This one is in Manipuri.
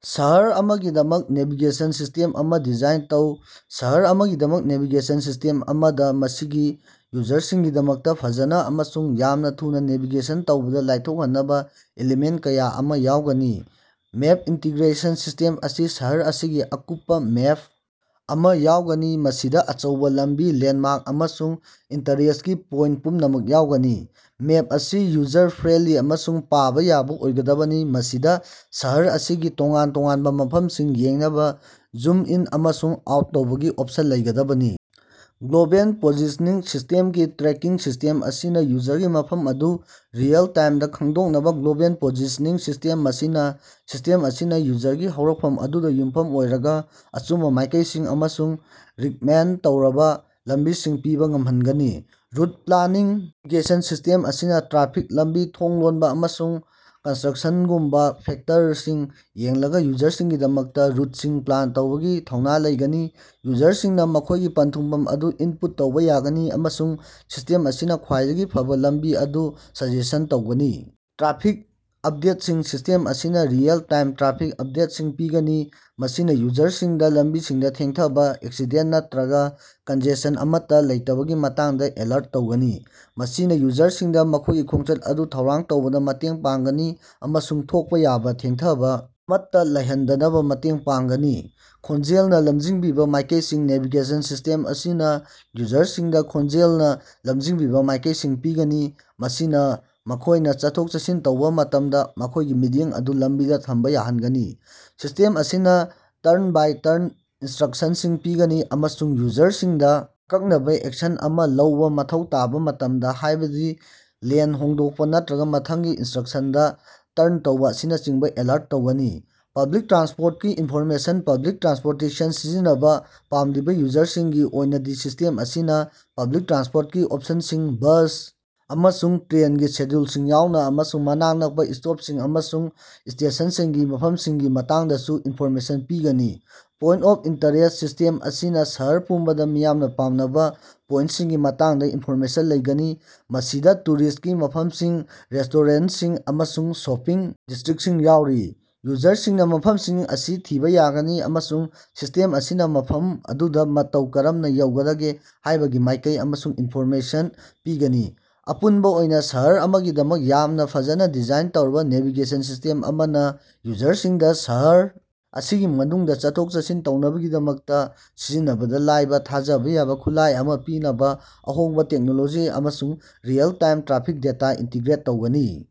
ꯁꯍꯔ ꯑꯃꯒꯤꯗꯃꯛ ꯅꯦꯚꯤꯒꯦꯁꯟ ꯁꯤꯁ꯭ꯇꯦꯝ ꯑꯃ ꯗꯤꯖꯥꯏꯟ ꯇꯧ꯫ ꯁꯍꯔ ꯑꯃꯒꯤꯗꯃꯛ ꯅꯦꯚꯤꯒꯦꯁꯟ ꯁꯤꯁ꯭ꯇꯦꯝ ꯑꯃꯗ ꯃꯁꯤꯒꯤ ꯌꯨꯖꯔꯁꯤꯡꯒꯤꯗꯃꯛꯇ ꯐꯖꯅ ꯑꯃꯁꯨꯡ ꯌꯥꯝꯅ ꯊꯨꯅ ꯅꯦꯚꯤꯒꯦꯁꯟ ꯇꯧꯕꯗ ꯂꯥꯏꯊꯣꯛꯍꯟꯅꯕ ꯏꯂꯤꯃꯦꯟ ꯀꯌꯥ ꯑꯃ ꯌꯥꯎꯒꯅꯤ꯫ ꯃꯦꯞ ꯏꯟꯇꯤꯒ꯭ꯔꯦꯁꯟ ꯁꯤꯁ꯭ꯇꯦꯝ ꯑꯁꯤ ꯁꯍꯔ ꯑꯁꯤꯒꯤ ꯑꯀꯨꯞꯄ ꯃꯦꯞ ꯑꯃ ꯌꯥꯎꯒꯅꯤ꯫ ꯃꯁꯤꯗ ꯑꯆꯧꯕ ꯂꯝꯕꯤ, ꯂꯦꯟꯗꯃꯥꯔꯛ, ꯑꯃꯁꯨꯡ ꯏꯟꯇꯔꯦꯁ꯭ꯇꯀꯤ ꯄꯣꯏꯟꯇ ꯄꯨꯝꯅꯃꯛ ꯌꯥꯎꯒꯅꯤ꯫ ꯃꯦꯞ ꯑꯁꯤ ꯌꯨꯖꯔ ꯐ꯭ꯔꯦꯟꯗꯂꯤ ꯑꯃꯁꯨꯡ ꯄꯥꯕ ꯌꯥꯕ ꯑꯣꯏꯒꯗꯕꯅꯤ, ꯃꯁꯤꯗ ꯁꯍꯔ ꯑꯁꯤꯒꯤ ꯇꯣꯉꯥꯟ ꯇꯣꯉꯥꯟꯕ ꯃꯐꯝꯁꯤꯡ ꯌꯦꯡꯅꯕ ꯖꯨꯝ ꯏꯟ ꯑꯃꯁꯨꯡ ꯑꯥꯎꯠ ꯇꯧꯕꯒꯤ ꯑꯣꯞꯁꯟ ꯂꯩꯒꯗꯕꯅꯤ꯫ ꯒ꯭ꯂꯣꯕꯦꯜ ꯄꯣꯖꯤꯁꯅꯤꯡ ꯁꯤꯁꯇꯦꯝꯀꯤ ꯇ꯭ꯔꯦꯀꯤꯡ ꯁꯤꯁ꯭ꯇꯦꯝ ꯑꯁꯤꯅ ꯌꯨꯖꯔꯒꯤ ꯃꯐꯝ ꯑꯗꯨ ꯔꯤꯑꯦꯜ ꯇꯥꯏꯃꯗ ꯈꯪꯗꯣꯛꯅꯕ ꯒ꯭ꯂꯣꯕꯦꯜ ꯄꯣꯖꯤꯁꯅꯤꯡ ꯁꯤꯁꯇꯦꯝ ꯃꯁꯤꯅ ꯁꯤꯁ꯭ꯇꯦꯝ ꯑꯁꯤꯅ ꯌꯨꯖꯔꯒꯤ ꯍꯧꯔꯛꯐꯝ ꯑꯗꯨꯗ ꯌꯨꯝꯐꯝ ꯑꯣꯏꯔꯒ ꯑꯆꯨꯝꯕ ꯃꯥꯏꯀꯩꯁꯤꯡ ꯑꯃꯁꯨꯡ ꯔꯤꯛꯃꯦꯟꯗ ꯇꯧꯔꯕ ꯂꯝꯕꯤꯁꯤꯡ ꯄꯤꯕꯥ ꯉꯝꯍꯟꯒꯅꯤ꯫ ꯔꯨꯠ ꯄ꯭ꯂꯥꯅꯤꯡ ꯅꯦꯚꯤꯒꯦꯁꯟ ꯁꯤꯁ꯭ꯇꯦꯝ ꯑꯁꯤꯅꯥ ꯇ꯭ꯔꯥꯐꯤꯛ, ꯂꯝꯕꯤ ꯊꯣꯡ ꯂꯣꯅꯕ ꯑꯃꯁꯨꯡ ꯀꯟꯁꯇꯔꯛꯁꯟꯒꯨꯝꯕ ꯐꯦꯛꯇꯔꯁꯤꯡ ꯌꯦꯡꯂꯒ ꯌꯨꯖꯔꯁꯤꯡꯒꯤꯗꯃꯛꯇ ꯔꯨꯠꯁꯤꯡ ꯄ꯭ꯂꯥꯟ ꯇꯧꯕꯒꯤ ꯊꯧꯅ ꯂꯩꯒꯅꯤ꯫ ꯌꯨꯖꯔꯁꯤꯡꯅ ꯃꯈꯣꯏꯒꯤ ꯄꯟꯊꯨꯡꯐꯝ ꯑꯗꯨ ꯏꯟꯄꯨꯠ ꯇꯧꯕ ꯌꯥꯒꯅꯤ ꯑꯃꯁꯨꯡ ꯁꯤꯁ꯭ꯇꯦꯝ ꯑꯁꯤꯅ ꯈ꯭ꯋꯥꯏꯗꯒꯤ ꯐꯕ ꯂꯝꯕꯤ ꯑꯗꯨ ꯁꯖꯦꯁꯟ ꯇꯧꯒꯅꯤ꯫ ꯇ꯭ꯔꯥꯐꯤꯛ ꯑꯞꯗꯦꯠꯁꯤꯡ ꯁꯤꯁ꯭ꯇꯦꯝ ꯑꯁꯤꯅꯥ ꯔꯤꯑꯦꯜ-ꯇꯥꯏꯃ ꯇ꯭ꯔꯥꯐꯤꯛ ꯑꯞꯗꯦꯠꯁꯤꯡ ꯄꯤꯒꯅꯤ, ꯃꯁꯤꯅ ꯌꯨꯖꯔꯁꯤꯡꯗ ꯂꯝꯕꯤꯁꯤꯡꯗ ꯊꯦꯡꯊꯕ, ꯑꯦꯛꯁꯤꯗꯦꯟꯇ ꯅꯠꯇꯔꯒ ꯀꯟꯖꯦꯁꯟ ꯑꯃꯠꯇ ꯂꯩꯇꯕꯒꯤ ꯃꯇꯥꯡꯗ ꯑꯦꯂꯔꯠ ꯇꯧꯒꯅꯤ꯫ ꯃꯁꯤꯅ ꯌꯨꯖꯔꯁꯤꯡꯗ ꯃꯈꯣꯏꯒꯤ ꯈꯣꯡꯆꯠ ꯑꯗꯨ ꯊꯧꯔꯥꯡ ꯇꯧꯕꯗ ꯃꯇꯦꯡ ꯄꯥꯡꯒꯅꯤ ꯑꯃꯁꯨꯡ ꯊꯣꯛꯄ ꯌꯥꯕ ꯊꯦꯡꯊꯕ ꯑꯃꯠꯇ ꯂꯩꯍꯟꯗꯅꯕ ꯃꯇꯦꯡ ꯄꯥꯡꯒꯅꯤ꯫ ꯈꯣꯟꯖꯦꯜꯅ ꯂꯝꯖꯤꯡꯕꯤꯕ ꯃꯥꯏꯀꯩꯁꯤꯡ ꯅꯦꯚꯤꯒꯦꯁꯟ ꯁꯤꯁ꯭ꯇꯦꯝ ꯑꯁꯤꯅ ꯌꯨꯖꯔꯁꯤꯡꯗ ꯈꯣꯟꯖꯦꯜꯅ ꯂꯝꯖꯤꯡꯕꯤꯕ ꯃꯥꯏꯀꯩꯁꯤꯡ ꯄꯤꯒꯅꯤ, ꯃꯁꯤꯅ ꯃꯈꯣꯏꯅ ꯆꯠꯊꯣꯛ-ꯆꯠꯁꯤꯟ ꯇꯧꯕ ꯃꯇꯝꯗ ꯃꯈꯣꯏꯒꯤ ꯃꯤꯠꯌꯦꯡ ꯑꯗꯨ ꯂꯝꯕꯤꯗ ꯊꯝꯕ ꯌꯥꯍꯟꯒꯅꯤ꯫ ꯁꯤꯁ꯭ꯇꯦꯝ ꯑꯁꯤꯅ ꯇꯔꯟ-ꯕꯥꯏ-ꯇꯔꯟ ꯏꯟꯁꯇꯔꯛꯁꯟꯁꯤꯡ ꯄꯤꯒꯅꯤ ꯑꯃꯁꯨꯡ ꯌꯨꯖꯔꯁꯤꯡꯗ ꯑꯀꯛꯅꯕ ꯑꯦꯛꯁꯟ ꯑꯃ ꯂꯧꯕꯥ ꯃꯊꯧ ꯇꯥꯕ ꯃꯇꯝꯗ ꯍꯥꯏꯕꯗꯤ ꯂꯦꯟ ꯍꯣꯡꯗꯣꯛꯄ ꯅꯠꯇꯔꯒ ꯃꯊꯪꯒꯤ ꯏꯟꯇꯔꯁꯦꯛꯁꯟꯗ ꯇꯔꯟ ꯇꯧꯕ ꯑꯁꯤꯅꯆꯤꯡꯕ ꯑꯦꯂꯔꯠ ꯇꯧꯒꯅꯤ꯫ ꯄꯕ꯭ꯂꯤꯛ ꯇ꯭ꯔꯥꯟꯁꯄꯣꯔꯇꯀꯤ ꯏꯟꯐꯣꯔꯃꯦꯁꯟ ꯄꯕ꯭ꯂꯤꯛ ꯇ꯭ꯔꯥꯟꯁꯄꯣꯔꯇꯦꯁꯟ ꯁꯤꯖꯤꯟꯅꯕ ꯄꯥꯝꯂꯤꯕ ꯌꯨꯖꯔꯁꯤꯡꯒꯤ ꯑꯣꯏꯅꯗꯤ ꯁꯤꯁ꯭ꯇꯦꯝ ꯑꯁꯤꯅ ꯄꯕ꯭ꯂꯤꯛ ꯇ꯭ꯔꯥꯟꯁꯄꯣꯔꯇꯀꯤ ꯑꯣꯞꯁꯟꯁꯤꯡ, ꯕꯁ ꯑꯃꯁꯨꯡ ꯇ꯭ꯔꯦꯟꯒꯤ ꯁꯦꯗ꯭ꯌꯨꯜꯁꯤꯡ ꯌꯥꯎꯅ, ꯑꯃꯁꯨꯡ ꯃꯅꯥꯛ ꯅꯛꯄ ꯁ꯭ꯇꯣꯞꯁꯤꯡ ꯑꯃꯁꯨꯡ ꯁ꯭ꯇꯦꯁꯟꯁꯤꯡꯒꯤ ꯃꯐꯝꯁꯤꯡꯒꯤ ꯃꯇꯥꯡꯗꯁꯨ ꯏꯟꯐꯣꯔꯃꯦꯁꯟ ꯄꯤꯒꯅꯤ꯫ ꯄꯣꯏꯟꯇ ꯑꯣꯐ ꯏꯟꯇꯔꯦꯁ꯭ꯠ ꯁꯤꯁ꯭ꯇꯦꯝ ꯑꯁꯤꯅ ꯁꯍꯔ ꯄꯨꯝꯕꯗ ꯃꯤꯌꯥꯝꯅ ꯄꯥꯝꯅꯕ ꯄꯣꯏꯟꯇꯁꯤꯡꯒꯤ ꯃꯇꯥꯡꯗ ꯏꯟꯐꯣꯔꯃꯦꯁꯟ ꯂꯩꯒꯅꯤ, ꯃꯁꯤꯗꯥ ꯇꯨꯔꯤꯁ꯭ꯇꯀꯤ ꯃꯐꯝꯁꯤꯡ, ꯔꯦꯁ꯭ꯇꯣꯔꯦꯟꯇꯁꯤꯡ ꯑꯃꯁꯨꯡ ꯁꯣꯄꯤꯡ ꯗꯤꯁꯇꯔꯤꯛꯇꯁꯤꯡ ꯌꯥꯎꯔꯤ꯫ ꯌꯨꯖꯔꯁꯤꯡꯅꯥ ꯃꯐꯝꯁꯤꯡ ꯑꯁꯤ ꯊꯤꯕ ꯌꯥꯒꯅꯤ ꯑꯃꯁꯨꯡ ꯁꯤꯁ꯭ꯇꯦꯝ ꯑꯁꯤꯅ ꯃꯐꯝ ꯑꯗꯨꯗ ꯃꯇꯧ ꯀꯔꯝꯅꯥ ꯌꯧꯒꯗꯒꯦ ꯍꯥꯏꯕꯒꯤ ꯃꯥꯏꯀꯩ ꯑꯃꯁꯨꯡ ꯏꯟꯐꯣꯔꯃꯦꯁꯟ ꯄꯤꯒꯅꯤ꯫ ꯑꯄꯨꯟꯕ ꯑꯣꯏꯅꯥ ꯁꯍꯔ ꯑꯃꯒꯤꯗꯃꯛ ꯌꯥꯝꯅ ꯐꯖꯅ ꯗꯤꯖꯥꯏꯟ ꯇꯧꯔꯕꯥ ꯅꯦꯚꯤꯒꯦꯁꯟ ꯁꯤꯁ꯭ꯇꯦꯝ ꯑꯃꯅ ꯌꯨꯖꯔꯁꯤꯡꯗ ꯁꯍꯔ ꯑꯁꯤꯒꯤ ꯃꯅꯨꯡꯗ ꯆꯠꯊꯣꯛ-ꯆꯠꯁꯤꯟ ꯇꯧꯅꯕꯒꯤꯗꯃꯛꯇ ꯁꯤꯖꯤꯟꯅꯕꯗ ꯂꯥꯏꯕ, ꯊꯥꯖꯕ ꯌꯥꯕ ꯈꯨꯠꯂꯥꯏ ꯑꯃ ꯄꯤꯅꯕ ꯑꯍꯣꯡꯕ ꯇꯦꯛꯅꯣꯂꯣꯖꯤ ꯑꯃꯁꯨꯡ ꯔꯤꯑꯦꯜ-ꯇꯥꯏꯝ ꯇ꯭ꯔꯥꯐꯤꯛ ꯗꯦꯇꯥ ꯏꯟꯇꯤꯒ꯭ꯔꯦꯠ ꯇꯧꯒꯅꯤ꯫